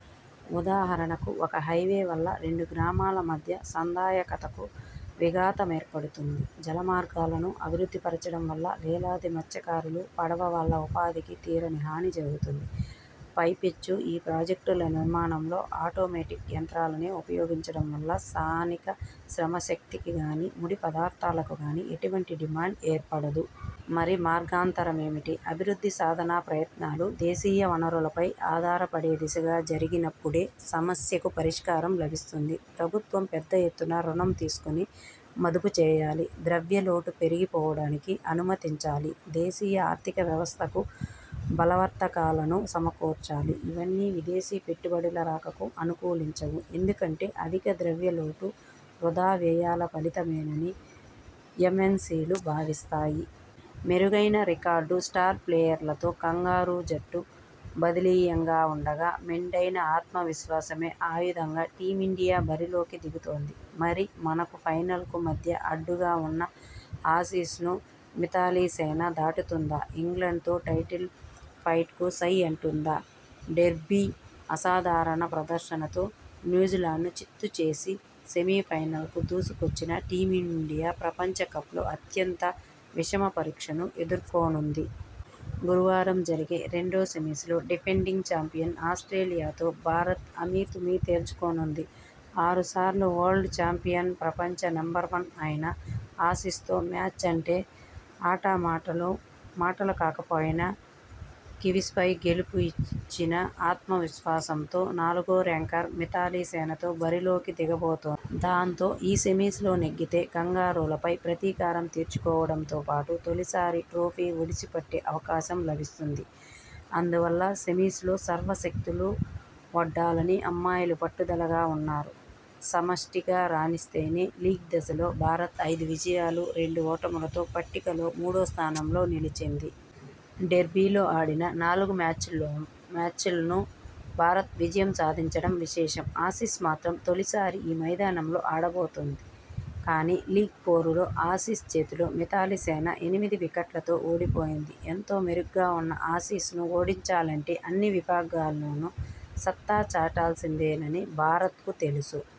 ఉదాహరణకు ఒక హైవే వల్ల రెండు గ్రామాల మధ్య సంధాయకతకు విఘాతమేర్పడుతుంది. జలమార్గాలను అభివృద్ధిపరచడం వల్ల వేలాది మత్స్యకారులు, పడవ వాళ్ళ ఉపాధికి తీరని హాని జరుగుతుంది. పైపెచ్చు ఈ ప్రాజెక్టుల నిర్మాణంలో ఆటోమెటిక్ యంత్రాలనే ఉపయోగించడం వల్ల స్థానిక శ్రమశక్తికి గానీ, ముడి పదార్థాలకు గానీ ఎటువంటి డిమాండ్ ఏర్పడదు. మరి మార్గాంతరమేమిటి? అభివృద్ధి సాధనా ప్రయత్నాలు దేశీయ వనరులపై ఆధారపడేదిశగా జరిగినప్పుడే సమస్యకు పరిష్కారం లభిస్తుంది. ప్రభుత్వం పెద్దఎత్తున రుణం తీసుకొని మదుపుచేయాలి. ద్రవ్యలోటు పెరిగిపోవడానకి అనుమతించాలి. దేశీయ ఆర్థికవ్యవస్థకు బలవర్ధకాలను సమకూర్చాలి. ఇవన్నీ విదేశీ పెట్టుబడుల రాకకు అనుకూలించవు. ఎందుకంటే అధిక ద్రవ్యలోటు వృథావ్యయాల ఫలితమేనని ఎమ్ఎన్సీలు భావిస్తాయి. మెరుగైన రికార్డు స్టార్ ప్లేయర్లతో కంగారూ జట్టు బలీయంగా ఉండగా మెండైన ఆత్మవిశ్వాసమే ఆయుధంగా టీమిండి యా బరిలోకి దిగుతోంది! మరి, మనకు ఫైనల్కు మధ్య అడ్డుగా ఉన్న ఆసీస్ను మిథాలీసేన దాటుతుందా ఇంగ్లండ్తో టైటిల్ ఫైట్కు సై అంటుందా? డెర్బీ: అసాధారణ ప్రదర్శనతో న్యూజిలాండ్ను చిత్తు చేసి సెమీఫైనల్కు దూసుకొచ్చిన టీమిండియా ప్రపంచకప్లో అత్యంత విషమపరీక్షను ఎదుర్కో నుంది. గురువారం జరిగే రెండో సెమీస్లో డిఫెం డింగ్ చాంపియన్ ఆస్ట్రేలియాతో భారత్ అమీతుమీ తేల్చుకోనుంది. ఆరుసార్లు వరల్డ్ చాంపియన్, ప్రపం చ నెంబర్ వన్ అయిన ఆసీస్తో మ్యాచ్ అంటే మా టలు కాకపోయిన కివీస్పై గెలుపు ఇచ్చిన ఆత్మ విశ్వాసంతో నాలుగో ర్యాంకర్ మిథాలీసేన బరిలోకి దిగబోతోంది. దాంతో, ఈ సెమీస్లో నెగ్గితే కంగారూలపై ప్రతీకారం తీర్చుకోవడంతోపాటు తొలిసారి ట్రోఫీ ఒడిసిపట్టే అవకాశం లభిస్తుంది. అందువల్ల సెమీస్లో సర్వ శక్తులూ ఒడ్డాలని అమ్మాయిలు పట్టుదలగా ఉన్నారు. సమష్టిగా రాణిస్తేనే లీగ్ దశలో భారత్ ఐదు విజయాలు, రెండు ఓటములతో పట్టికలో మూడో స్థానంలో నిలిచింది. డెర్బీలో ఆడిన నాలుగు మ్యాచ్ల్లోనూ భారత్ విజ యం సాధించడం విశేషం. ఆసీస్ మాత్రం తొలి సారి ఈ మైదానంలో ఆడబోతోంది. కానీ, లీగ్ పోరు లో ఆసీస్ చేతిలో మిథాలీసేన ఎనిమిది వికె ట్లతో ఓడిపోయింది. ఎంతో మెరుగ్గా ఉన్న ఆసీస్ను ఓడిం చాలంటే అన్ని విభాగాల్లోనూ సత్తా చాటాల్సిందేనని భారత్కు తెలుసు.